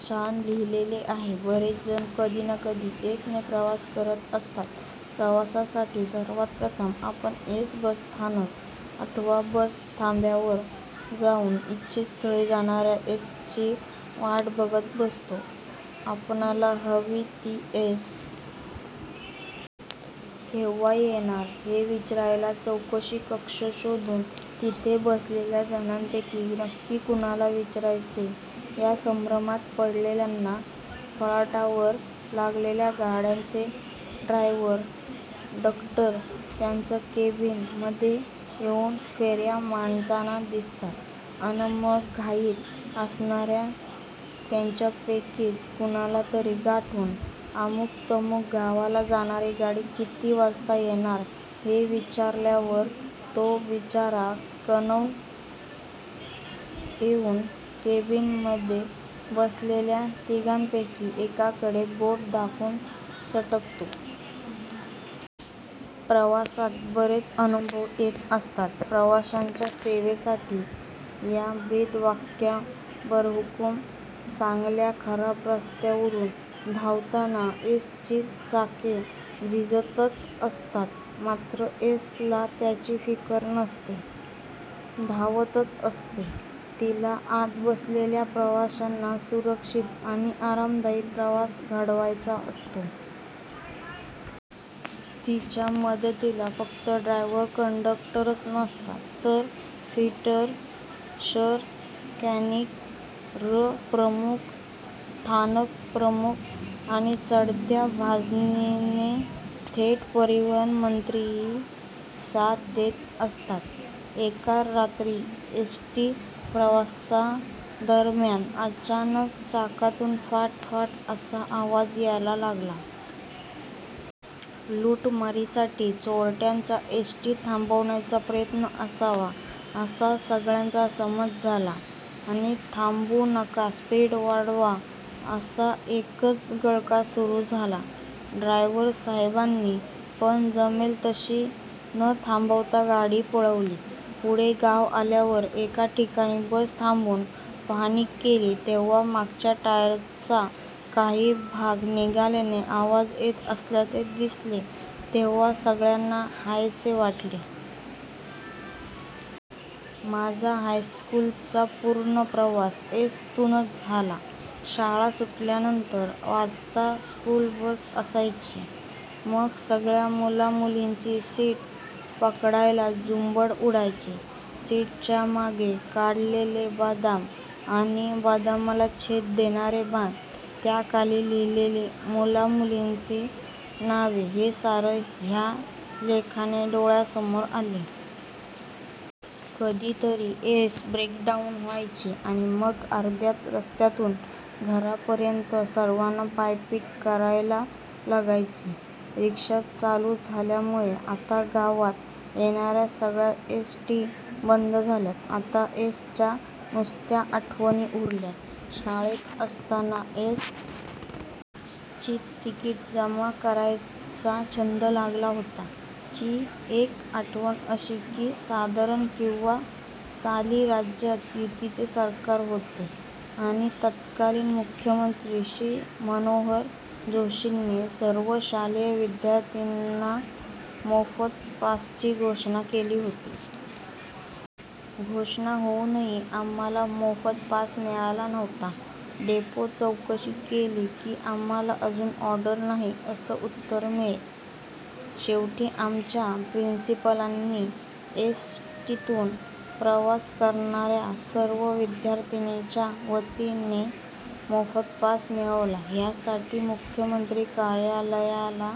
"छान लिहीले आहे! बरेच जण कधी ना कधी एस. ने प्रवास करत असतात. प्रवासा साठी सर्वात प्रथम आपण एस. बस स्थानक अथवा बस थांब्यावर जाऊन इच्छीतस्थळी जाणार्या एस. ची वाट बघत बसतो. आपणाला हवी ती एस. केव्हा येणार हे विचारायला 'चौकशी कक्ष' शोधुन तिथे बसलेल्या जणांपैकी नक्की कुणाला विचारायचे या संभ्रमात पडलेल्यांना फलाटावर लागलेल्या गाड्यांचे ड्रायव्हर् ंडक्टर त्याच केबिन मधे येऊन फेर्या मांडताना दिसतात. अन मग घाईत असणार्या त्यांच्यापैकीच कुणाला तरी गाठुन अमुक-तमुक गावाला जाणारी गाडी किती वाजता येणार हे विचारल्यावर तो बिचारा कणव येऊन केबीन मधे बसलेल्या तीघांपैकी एकाकडे बोट दाखवून सटकतो. प्रवासात बरेच अनुभव येत असतात. 'प्रवाशांच्या सेवेसाठी' या ब्रीदवाक्याबरहुकुम चांगल्या-खराब रस्त्यावरुन धावताना एस. ची चाके झीजतच असतात. मात्र एस. ला त्याची फिकीर नसते. धावतच असते. तिला आत बसलेल्या प्रवाशांना सुरक्षीत आणि आरामदायी प्रवास घडवायचा असतो. तिच्या मदतीला फक्त ड्रायव्हर-कंडक्टरच नसतात तर फिटर् ॉशर् ेकॅनिक् ार प्रमुख् ्थानक प्रमुख आणि चढत्या भाजणीने थेट परिवहन मंत्रीही साथ देत असतात. एका रात्री एसटी प्रवासादरम्यान अचानक चाकातुन फाट-फाट असा आवाज यायला लागला. लुटमारीसाठी चोरट्यांचा एसटी थांबवण्याचा प्रयत्न असावा असा सगळ्यांचा समज झाला. आणि "थांबु नका, स्पीड वाढवा" असा एकच गलका सुरु झाला. ड्रायव्हरसाहेबांनी पण जमेल तशी न थांबवता गाडी पळवली. पुढे गाव आल्यावर एका ठिकाणी बस थांबवुन पहाणी केली तेव्हा मागच्या टायरचा काही भाग निघाल्याने आवाज येत असल्याचे दिसले तेव्हा सगळ्यांना हायसे वाटले. माझा हायस्कूलचा पूर्ण प्रवास एस. तूनच झाला. शाळा सुटल्यानंतर. वाजता स्कूलबस असायची. मग सगळ्या मुला-मुलींची सीट पकडायला झुंबड उडायची. सीटच्या मागे काढलेले बदाम आणि बदामाला छेद देणारे बाण, त्याखाली लिहलेली मुला-मुलींची नावे हे सारं ह्या लेखाने डोळ्यासमोर आले. कधीतरी एस. ब्रेकडाऊन व्हायची आणि मग अर्ध्या रस्त्यातून घरापर्यंत सर्वांना पायपीट करायला लागायची. रिक्षा चालू झाल्यामुळे आता गावात येणाऱ्या सगळ्या एस. टी बंद झाल्यात. आता एस. च्या नुसत्या आठवणी उरल्यात. शाळेत असताना एस. ची तिकीट जमा करायचा छंद लागला होता. ची एक आठवण अशी की, साधारण किंवा साली राज्यात युतीचे सरकार होते आणि तत्कालीन मुख्यमंत्री श्री. मनोहर जोशींनी सर्व शालेय विद्यार्थीनींना मोफत पासची घोषणा केली होती. घोषणा होऊनही आम्हांला मोफत पास मिळाला नव्हता. डेपोत चौकशी केली की आम्हांला अजून ऑर्डर नाही असे उत्तर मिळे. शेवटी आमच्या प्रिन्सिपलांनी एस. टीतून प्रवास करणाऱ्या सर्व विद्यार्थीनींच्या वतीने मोफत पास मिळावा ह्यासाठी मुख्यमंत्री कार्यालयाला